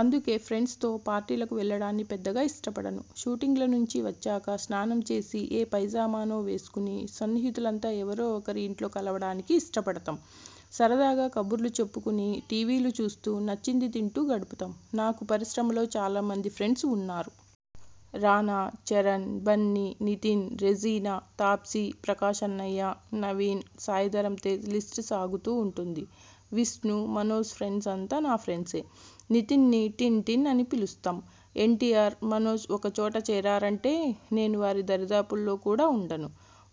అందుకే ఫ్రెండ్స్తో పార్టీలకు వెళ్లడాన్ని పెద్దగా ఇష్టపడను. షూటింగులనుంచి వచ్చాక స్నానం చేసి ఏ పైజామానో వేసుకుని సన్నిహితులంతా ఎవరో ఒకరి ఇంట్లో కలవడానికి ఇష్టపడతాం. సరదాగా కబుర్లు చెప్పుకుని టీవీలు చూస్తూ, నచ్చింది తింటూ గడుపుతాం. నాకు పరిశ్రమలో చాలా మంది ఫ్రెండ్స్ ఉన్నారు. రానా, చరణ్, బన్ని, నితిన్, రెజీనా, తాప్సీ, ప్రకాశ్ అన్నయ్య, నవీన్, సాయిధరమ్తేజ్ లిస్టు సాగుతూ ఉంటుంది. విష్ణు, మనోజ్ ఫ్రెండ్సంతా నా ఫ్రెండ్సే. నితిన్ని టిన్టిన్ అని పిలుస్తాం. ఎన్టీఆర్, మనోజ్ ఒక చోట చేరారంటే నేను వారి దరిదాపుల్లో కూడా ఉండను.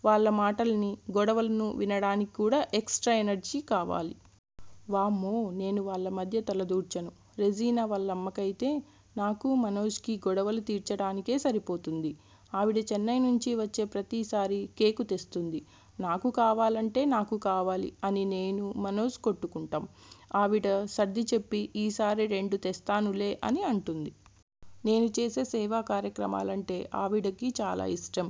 వాళ్ల మాటల్ని, గొడవలను వినడానికి కూడా ఎక్స్ట్రా ఎనర్జీ కావాలి. వామ్మో నేను వాళ్ల మధ్య తలదూర్చను. రెజీనా వాళ్ల అమ్మకైతే నాకు, మనోజ్కీ గొడవలు తీర్చడానికే సరిపోతుంది. ఆవిడ చెన్నై నుంచి వచ్చే ప్రతిసారీ కేకు తెస్తుంది. 'నాకు కావాలంటే నాకు కావాలి' అని నేను, మనోజ్ కొట్టుకుంటాం. ఆవిడ సర్దిచెప్పి 'ఈసారి రెండు తెస్తానులే' అని అంటుంది. నేను చేసే సేవా కార్యక్రమాలంటే ఆవిడకి చాలా ఇష్టం.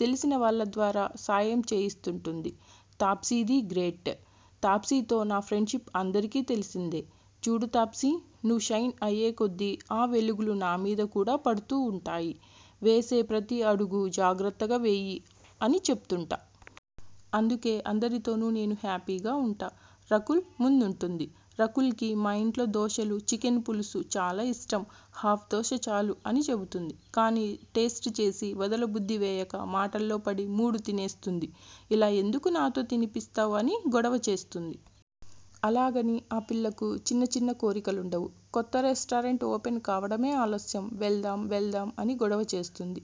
తెలిసిన వాళ్ల ద్వారా సాయంచేయిస్తుంటుంది. Taapsee the great! తాప్సీతో నా ఫ్రెండ్షిప్ అందరికీ తెలిసిందే. 'చూడు తాప్సీ నువ్వు షైన్ అయ్యేకొద్దీ ఆ వెలుగులు నామీద కూడా పడుతూ ఉంటాయి. వేసే ప్రతి అడుగూ జాగ్రత్తగా వెయ్యి' అని చెప్తుంటా. అందుకే అందరితోనూ నేను హ్యాపీగా ఉంటా. రకుల్ ముందుంటుంది! రకుల్కి మా ఇంట్లో దోశలు, చికెన్ పులుసు చాలా ఇష్టం. 'హాఫ్ దోశ చాలు ' అని చెబుతుంది. కానీ టేస్ట్ చేసి వదలబుద్ధి వేయక మాటల్లో పడి మూడు తినేస్తుంది. 'ఇలా ఎందుకు నాతో తినిపిస్తావ్' అని గొడవచేస్తుంది. అలాగని ఆ పిల్లకు చిన్న చిన్న కోరికలుండవు. కొత్త రెస్టారెంట్ ఓపెన్ కావడమే ఆలస్యం 'వెళ్దాం వెళ్దాం' అని గొడవ చేస్తుంది.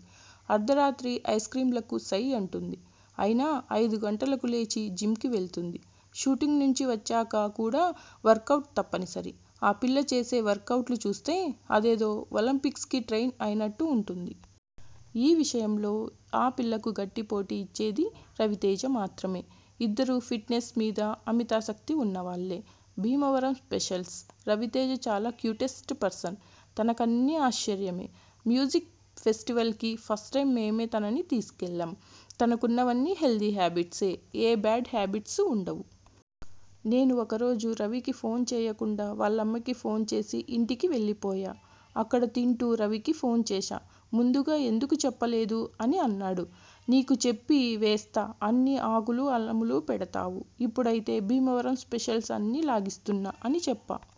అర్థరాత్రి ఐస్క్రీమ్లకు సై అంటుంది. అయినా ఐదు గంటలకు లేచి జిమ్కి వెళ్తుంది. షూటింగ్ నుంచి వచ్చాక కూడా వర్కవుట్ తప్పనిసరి. ఆ పిల్ల చేసే వర్కవుట్లు చూస్తే అదేదో ఒలింపిక్స్కి ట్రెయిన్ అయినట్టు ఉంటుంది. ఈ విషయంలో ఆ పిల్లకు గట్టిపోటీ ఇచ్చేది రవితేజ మాత్రమే. ఇద్దరూ ఫిట్నెస్ మీద అమితాసక్తి ఉన్నవాళ్లే. భీమవరం స్పెషల్స్! రవితేజ చాలా క్యూటెస్ట్ పర్సన్. తనకన్నీ ఆశ్చర్యమే. మ్యూజిక్ ఫెస్టివల్కి ఫస్ట్టైమ్ మేమే తనని తీసుకెళ్లాం. తనకున్నవన్నీ హెల్దీ హ్యాబిట్సే. ఏ బ్యాడ్ హాబెట్స్ ఉండవు. నేను ఒక రోజు రవికి ఫోన్ చేయకుండా వాళ్లమ్మకి ఫోన్ చేసి ఇంటికి వెళ్లిపోయా. అక్కడ తింటూ రవికి ఫోన్ చేశా ముందుగా ఎందుకు చెప్పలేదు అని అన్నాడు. ' నీకు చెప్పి వేస్త అన్నీ ఆకులు అలములు పెడతావు. ఇప్పుడైతే భీమవరం స్పెషల్స్ అన్నీ లాగిస్తున్నా' అని చెప్పా.